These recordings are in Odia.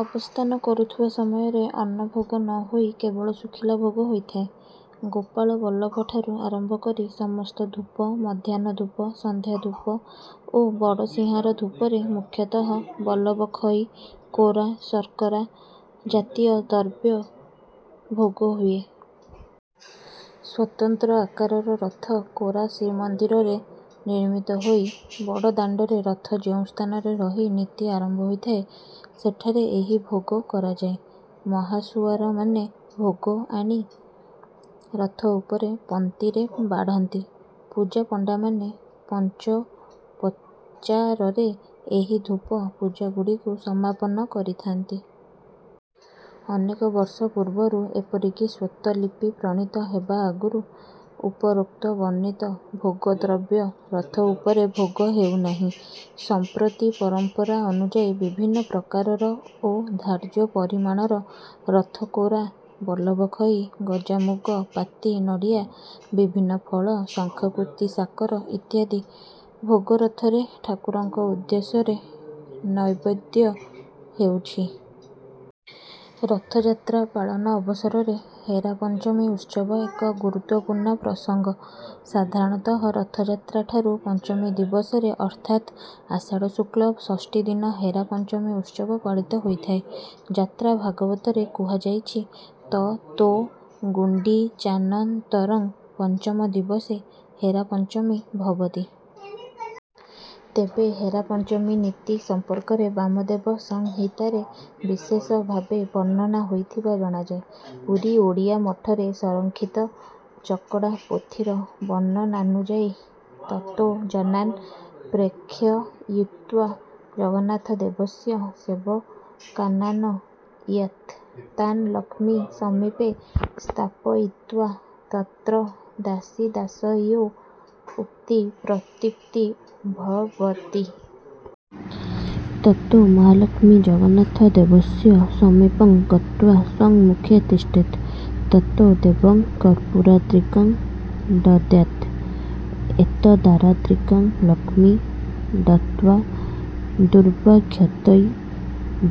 ଅବସ୍ଥାନ କରୁଥିବା ସମୟରେ ଅନ୍ନ ଭୋଗ ନ ହୋଇ କେବଳ ଶୁଖିଲା ଭୋଗ ହୋଇଥାଏ। ଗୋପାଳବଲ୍ଲଭ ଠାରୁ ଆରମ୍ଭ କରି ସମସ୍ତ ଧୂପ, ମଧ୍ୟାହ୍ନ ଧୂପ, ସନ୍ଧ୍ୟା ଧୂପ ଓ ବଡ଼ ସିଂହାର ଧୂପରେ ମୁଖ୍ୟତଃ ବଲ୍ଲଭ ଖଇ, କୋରା, ଶର୍କରା ଜାତୀୟ ଦ୍ରବ୍ୟ ଭୋଗ ହୁଏ। ସ୍ୱତନ୍ତ୍ର ଆକାରର ରଥ କୋରା ଶ୍ରୀମନ୍ଦିରରେ ନିର୍ମିତ ହୋଇ ବଡ଼ଦାଣ୍ଡରେ ରଥ ଯେଉଁ ସ୍ଥାନରେ ରହି ନୀତି ଆରମ୍ଭ ହୋଇଥାଏ, ସେଠାରେ ଏହି ଭୋଗ କରାଯାଏ। ମହାସୁଆରମାନେ ଭୋଗ ଆଣି ରଥ ଉପରେ ପନ୍ତିରେ ବାଢ଼ନ୍ତି। ପୂଜାପଣ୍ଡାମାନେ ପଞ୍ଚୋପଚାରରେ ଏହି ଧୂପ ପୂଜାଗୁଡ଼ିକୁ ସମାପନ କରିଥାନ୍ତି। ଅନେକ ବର୍ଷ ପୂର୍ବରୁ ଏପରିକି ସ୍ୱତ୍ତ୍ୱଲିପି ପ୍ରଣୀତ ହେବା ଆଗରୁ ଉପରୋକ୍ତ ବର୍ଣ୍ଣିତ ଭୋଗ ଦ୍ରବ୍ୟ ରଥ ଉପରେ ଭୋଗ ହେଉନାହିଁ। ସମ୍ପ୍ରତି ପରମ୍ପରା ଅନୁଯାୟୀ ବିଭିନ୍ନ ପ୍ରକାରର ଓ ଧାର୍ଯ୍ୟ ପରିମାଣର ରଥ କୋରା, ବଲ୍ଲଭ ଖଇ, ଗଜାମୁଗ, ପାତି ନଡ଼ିଆ, ବିଭିନ୍ନ ଫଳ, ଶଙ୍ଖାକୃତି ଶାକର ଇତ୍ୟାଦି ଭୋଗ ରଥରେ ଠାକୁରଙ୍କ ଉଦ୍ଦେଶ୍ୟରେ ନୈବେଦ୍ୟ ହେଉଛି। ରଥଯାତ୍ରା ପାଳନ ଅବସରରେ ହେରା ପଞ୍ଚମୀ ଉତ୍ସବ ଏକ ଗୁରୁତ୍ୱପୂର୍ଣ୍ଣ ପ୍ରସଙ୍ଗ। ସାଧାରଣତଃ ରଥଯାତ୍ରା ଠାରୁ ପଞ୍ଚମୀ ଦିବସରେ ଅର୍ଥାତ ଆଷାଢ଼ ଶୁକ୍ଳ ଷଷ୍ଠୀ ଦିନ ହେରା ପଞ୍ଚମୀ ଉତ୍ସବ ପାଳିତ ହୋଇଥାଏ। ଯାତ୍ରା ଭାଗବତରେ କୁହାଯାଇଛି ତତୋ ଗୁଣ୍ଡିଚାନନ୍ତରଂ ପଞ୍ଚମ ଦିବସେ ହେରା ପଞ୍ଚମୀ ଭବତି। ତେବେ ହେରା ପଞ୍ଚମୀ ନୀତି ସମ୍ପର୍କରେ ବାମଦେବ ସଂହିତାରେ ବିଶେଷ ଭାବେ ବର୍ଣ୍ଣନା ହୋଇଥିବା ଜଣାଯାଏ। ପୁରୀ ଓଡ଼ିଆ ମଠରେ ସଂରକ୍ଷିତ ଚକଡ଼ା ପୋଥିର ବର୍ଣ୍ଣନାନୁଯାୟୀ ତତୋ ଜନାନ୍ ପ୍ରେକ୍ଷୟିତ୍ୱା ଜଗନ୍ନାଥ ଦେବସ୍ୟ ସେବକାନାନ ୟେତ୍। ତାନ୍ ଲକ୍ଷ୍ମୀ ସମୀପେ ସ୍ଥାପୟିତ୍ୱା ତତ୍ର ଦାସୀଦାସୟୋ ଉକ୍ତି ପ୍ରତ୍ୟୁକ୍ତି ର୍ଭବତି। ତତୋ ମହାଲକ୍ଷ୍ମୀ ଜଗନ୍ନାଥ ଦେବସ୍ୟ ସମୀପଂ ଗତ୍ୱା ସଂମୁଖେ ତିଷ୍ଠେତ୍। ତତୋ ଦେବଂ କର୍ପୂରାତ୍ରିକଂ ଦଦ୍ୟାତ୍। ଏତଦାରାତ୍ରିକଂ ଲକ୍ଷ୍ମୀ ଦତ୍ୱା ଦୁର୍ବାକ୍ଷତୈ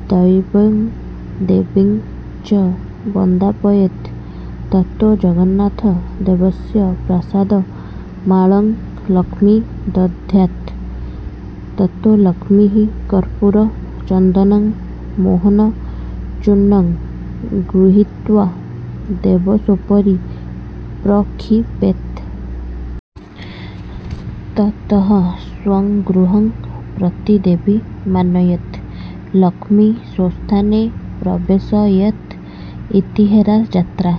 ର୍ଦେବଂ ଦେବୀଂ ଚ ବନ୍ଦାପୟେତ୍। ତତୋ ଜଗନ୍ନାଥ ଦେବସ୍ୟ ପ୍ରାସାଦ ମାଳଂ ଲକ୍ଷ୍ମୀ ଦଧ୍ୟାତ୍। ତତୋ ଲକ୍ଷ୍ମୀଃ କର୍ପୂର, ଚନ୍ଦନଂ ମୋହନ ଚୂର୍ଣ୍ଣଂ ଗୃହୀତ୍ୱା ଦେବସୋପରି ପ୍ରକ୍ଷିପେତ୍। ତତଃ ସ୍ୱଗୃହଂ ପ୍ରତି ଦେବୀ ମାନୟେତ୍। ଲକ୍ଷ୍ମୀ ସ୍ୱସ୍ଥାନେ ପ୍ରବେଶୟେତ୍। ଇତି ହେରା ଯାତ୍ରା।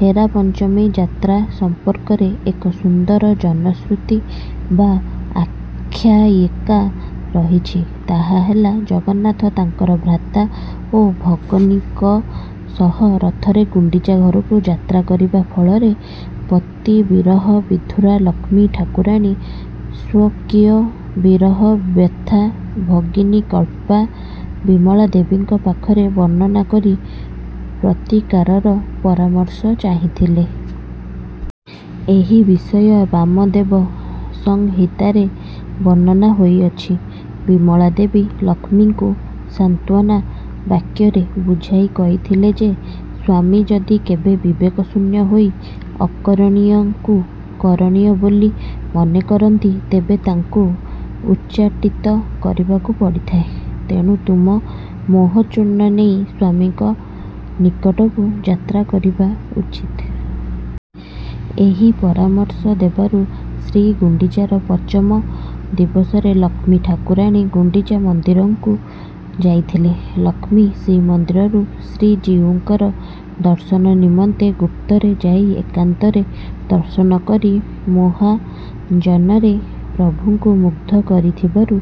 ହେରା ପଞ୍ଚମୀ ଯାତ୍ରା ସମ୍ପର୍କରେ ଏକ ସୁନ୍ଦର ଜନଶୃତି ବା ଆଖ୍ୟାୟିକା ରହିଛି। ତାହା ହେଲା, ଜଗନ୍ନାଥ ତାଙ୍କର ଭ୍ରାତା ଓ ଭଗିନୀଙ୍କ ସହ ରଥରେ ଗୁଣ୍ଡିଚା ଘରକୁ ଯାତ୍ରା କରିବା ଫଳରେ ପତି ବିରହ ବିଧୁରା ଲକ୍ଷ୍ମୀ ଠାକୁରାଣୀ ସ୍ୱକୀୟ ବିରହ ବ୍ୟଥା ଭଗିନୀକଳ୍ପା ବିମଳାଦେବୀଙ୍କ ପାଖରେ ବର୍ଣ୍ଣନା କରି ପ୍ରତିକାରର ପରାମର୍ଶ ଚାହିଁଥିଲେ। ଏହି ବିଷୟ ବାମଦେବ ସଂହିତାରେ ବର୍ଣ୍ଣନା ହୋଇଅଛି। ବିମଳାଦେବୀ ଲକ୍ଷ୍ମୀଙ୍କୁ ସାନ୍ତ୍ୱନା ବାକ୍ୟରେ ବୁଝାଇ କହିଥିଲେ ଯେ, ସ୍ୱାମୀ ଯଦି କେବେ ବିବେକ ଶୂନ୍ୟ ହୋଇ ଅକରଣୀୟକୁ କରଣୀୟ ବୋଲି ମନେ କରନ୍ତି, ତେବେ ତାଙ୍କୁ ଉଚ୍ଚାଟିତ କରିବାକୁ ପଡ଼ିଥାଏ। ତେଣୁ ତୁମ ମୋହଚୂର୍ଣ୍ଣ ନେଇ ସ୍ୱାମୀଙ୍କ ନିକଟକୁ ଯାତ୍ରା କରିବା ଉଚିତ୍। ଏହି ପରାମର୍ଶ ଦେବାରୁ ଶ୍ରୀଗୁଣ୍ଡିଚାର ପଞ୍ଚମ ଦିବସରେ ଲକ୍ଷ୍ମୀ ଠାକୁରାଣୀ ଗୁଣ୍ଡିଚା ମନ୍ଦିରକୁ ଯାଇଥିଲେ। ଲକ୍ଷ୍ମୀ ଶ୍ରୀମନ୍ଦିରରୁ ଶ୍ରୀଜୀଉଙ୍କର ଦର୍ଶନ ନିମନ୍ତେ ଗୁପ୍ତରେ ଯାଇ ଏକାନ୍ତରେ ଦର୍ଶନ କରି ମୋହାଞ୍ଜନରେ ପ୍ରଭୁଙ୍କୁ ମୁଗ୍ଧ କରିଥିବାରୁ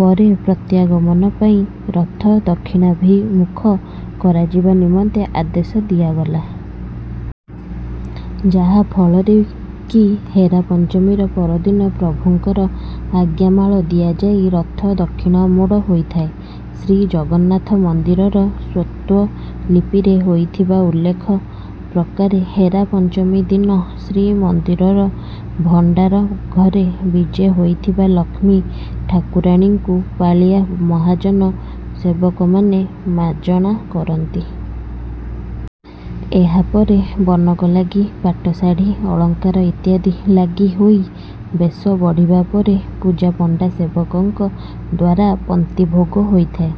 ପରେ ପ୍ରତ୍ୟାଗମନ ପାଇଁ ରଥ ଦକ୍ଷିଣାଭିମୁଖ କରାଯିବା ନିମନ୍ତେ ଆଦେଶ ଦିଆଗଲା। ଯାହା ଫଳରେ କି ହେରା ପଞ୍ଚମୀର ପରଦିନ ପ୍ରଭୁଙ୍କର ଆଜ୍ଞାମାଳ ଦିଆଯାଇ ରଥ ଦକ୍ଷିଣମୋଡ଼ ହୋଇଥାଏ। ଶ୍ରୀଜଗନ୍ନାଥ ମନ୍ଦିରର ସ୍ୱତ୍ତ୍ୱଲିପିରେ ହୋଇଥିବା ଉଲ୍ଲେଖ ପ୍ରକାରେ ହେରା ପଞ୍ଚମୀ ଦିନ ଶ୍ରୀମନ୍ଦିରର ଭଣ୍ଡାର ଘରେ ବିଜେ ହୋଇଥିବା ଲକ୍ଷ୍ମୀ ଠାକୁରାଣୀଙ୍କୁ ପାଳିଆ ମହାଜନ ସେବକମାନେ ମାଜଣା କରନ୍ତି। ଏହା ପରେ ବନକ ଲାଗି, ପାଟ ଶାଢ଼ୀ, ଅଳଙ୍କାର ଇତ୍ୟାଦି ଲାଗି ହୋଇ ବେଶ ବଢ଼ିବା ପରେ ପୂଜାପଣ୍ଡା ସେବକଙ୍କ ଦ୍ୱାରା ପନ୍ତି ଭୋଗ ହୋଇଥାଏ।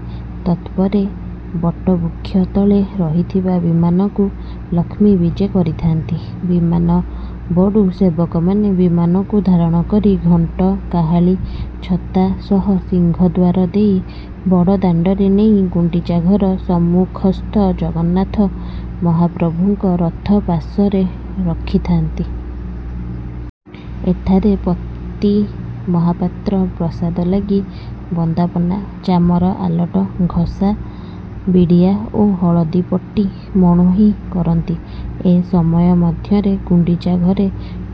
ତତ୍ପରେ ବଟବୃକ୍ଷ ତଳେ ରହିଥିବା ବିମାନକୁ ଲକ୍ଷ୍ମୀ ବିଜେ କରିଥାନ୍ତି। ବିମାନବଡ଼ୁ ସେବକମାନେ ବିମାନକୁ ଧାରଣ କରି ଘଣ୍ଟ, କାହାଳୀ, ଛତା ସହ ସିଂହଦ୍ୱାର ଦେଇ ବଡ଼ଦାଣ୍ଡରେ ନେଇ ଗୁଣ୍ଡିଚା ଘର ସମ୍ମୁଖସ୍ଥ ଜଗନ୍ନାଥ ମହାପ୍ରଭୁଙ୍କ ରଥ ପାଶରେ ରଖିଥାନ୍ତି। ଏଠାରେ ପତିମହାପାତ୍ର ପ୍ରସାଦ ଲାଗି, ବନ୍ଦାପନା, ଚାମର ଆଲଟ, ଘସା ବିଡ଼ିଆ ଓ ହଳଦୀ ପଟି ମଣୋହି କରନ୍ତି। ଏ ସମୟ ମଧ୍ୟରେ ଗୁଣ୍ଡିଚା ଘରେ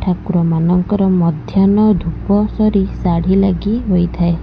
ଠାକୁରମାନଙ୍କର ମଧ୍ୟାହ୍ନ ଧୂପ ସରି ଶାଢ଼ୀ ଲାଗି ହୋଇଥାଏ।